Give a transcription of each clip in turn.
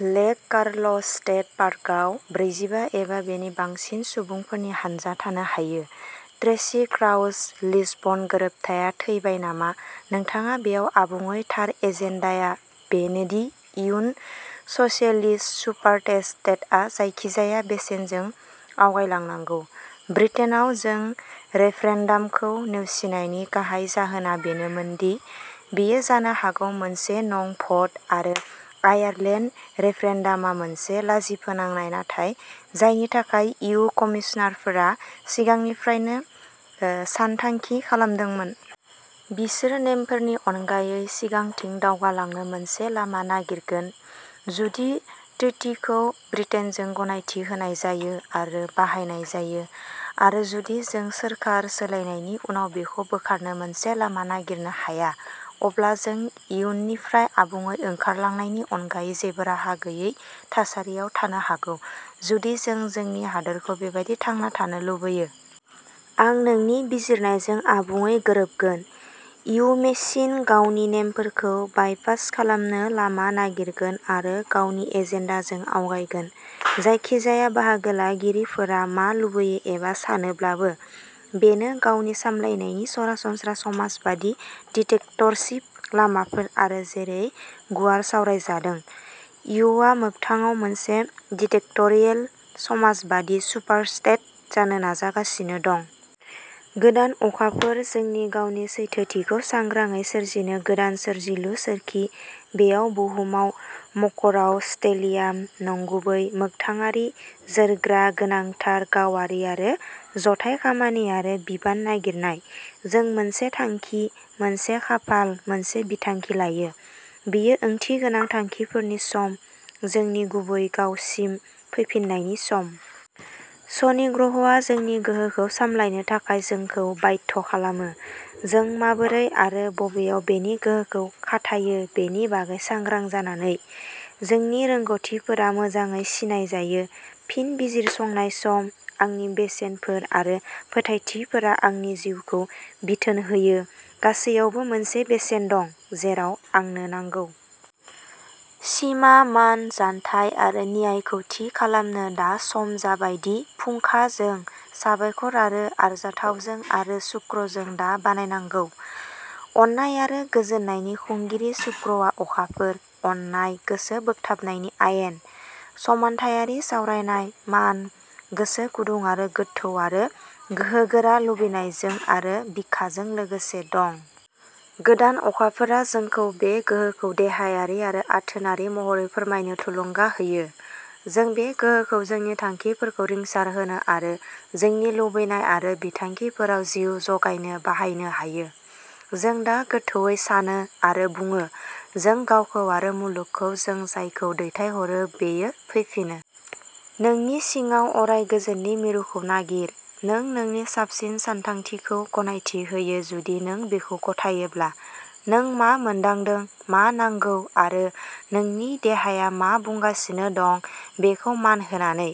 लेक Carlos State पार्कआव ब्रैजिबा एबा बेनि बांसिन सुबुंफोरनि हानजा थानो हायो। ट्रेसी क्राउच लिसबन गोरोबथाया थैबाय नामा नोंथाङा बेयाव आबुङै थार एजेन्डाआ बेनो दि इयु स'सियेलिस्ट सुपारस्टेटआ जायखिजाया बेसेनजों आवगायलांनांगौ। ब्रिटेनआव जों रेफरेन्डामखौ नेवसिनायनि गाहाय जाहोना बेनोमोन दि बेयो जानो हागौ मोनसे नं भ'ट, आरो आयारलेन्ड रेफरेन्डामआ मोनसे लाजिफोनांनाय नाथाय जायनि थाखाय इयु कमिसारफोरा सिगांनिफ्रायनो ओ सानथांखि खालामदोंमोन। बिसोर नेमफोरनि अनगायै सिगांथिं दावगालांनो मोनसे लामा नागिरगोन। जुदि ट्रिटिखौ ब्रिटेनजों गनायथि होनाय जायो आरो बाहायनाय जायो, आरो जुदि जों सोरखार सोलायनायनि उनाव बेखौ बोखारनो मोनसे लामा नागिरनो हाया, अब्ला जों इयुनिफ्राय आबुङै ओंखारलांनायनि अनगायै जेबो राहा गैयै थासारियाव थानो हागौ जुदि जों जोंनि हादोरखौ बेबादि थांना थानो लुबैयो। आं नोंनि बिजिरनायजों आबुङै गोरोबगोन। इयु मेसिन गावनि नेमफोरखौ बायपास खालामनो लामा नागिरगोन आरो गावनि एजेन्डाजों आवगायगोन, जायखिजाया बाहागो लागिरिफोरा मा लुबैयो एबा सानोब्लाबो। बेनो गावनो सामलायनायनि सरासनस्रा समाजबादि डिक्टेटरशिप लामाफोर आरो जेरै गुवारै सावरायजादों, इयुआ मोगथाङाव मोनसे डिक्टेटरियेल समाजबादि सुपारस्टेट जानो नाजागासिनो दं। गोदान अखाफोर, जोंनि गावनि सैथोथिखौ सांग्रांयै सोरजिनो गोदान सोरजिलु सोरखि, बेयाव बुहुमाव। मकरआव स्टेलियाम, नंगुबै, मोगथाङारि, जोरग्रा, गोनांथार, गावारि आरो जथाय खामानि आरो बिबान नागिरनाय। जों मोनसे थांखि, मोनसे खाफाल मोनसे बिथांखि लायो, बेयो ओंथिगोनां थांखिफोरनि सम, जोंनि गुबै गावसिम फैफिन्नायनि सम। शनि ग्रहआ जोंनि गोहोखौ सामलायनो थाखाय जोंखौ बाध्य खालामो, जों माबोरै आरो बबेयाव जोंनि गोहोखौ खाथायो बेनि बागै सांग्रां जानानै। जोंनि रोंग'थिफोरा मोजाङै सिनाय जायो फिन बिजिरसंनाय सम, आंनि बेसेनफोर आरो फोथायथिफोरा आंनि जिउखौ बिथोन होयो गासैयावबो मोनसे बेसेन दं, जेराव आंनो नांगौ। सिमा, मान, जानथाय आरो न्यायखौ थि खालामनो दा सम जाबाय दि फुंखा जों, साबायखर आरो आरजाथावजों आरो शुक्र जों दा बानायनांगौ। अननाय आरो गोजोननायनि खुंगिरि शुक्रआ अखाफोर, अननाय, गोसो बोगथाबनायनि आयेन, समानथायारि सावरायनाय, मान, गोसो गुदुं आरो गोथौ आरो गोहोगोरा लुबैनायजों आरो बिखाजों लोगोसे दं। गोदान अखाफोरा जोंखौ बे गोहोखौ देहायारि आरो आथोनारि महरै फोरमायनो थुलुंगा होयो। जों बे गोहोखौ जोंनि थांखिफोरखौ रिंसारहोनो आरो जोंनि लुबैनाय आरो बिथांखिफोराव जिउ जगायनो बाहायनो हायो। जों दा गोथौवै सानो आरो बुङो, जों गावखौ आरो मुलुगखौ, जों जायखौ दैथायहरो बेयो फैफिनो। नोंनि सिङाव अराय गोजोननि मिरुखौ नागिर, नों नोंनि साबसिन सानथांखिखौ गनायथि होयो जुदि नों बेखौ गथायोब्ला, नों मा मोनदांदों, मा नांगौ, आरो नोंनि देहाया मा बुंगासिनो दं बेखौ मान होनानै।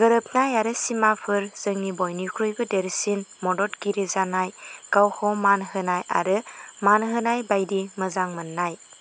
गोरोबनाय आरो सिमाफोर जोंनि बयनिख्रुइबो देरसिन मददगिरि जानाय, गावखौ मान होनाय आरो मान होनाय बायदि मोजां मोननाय।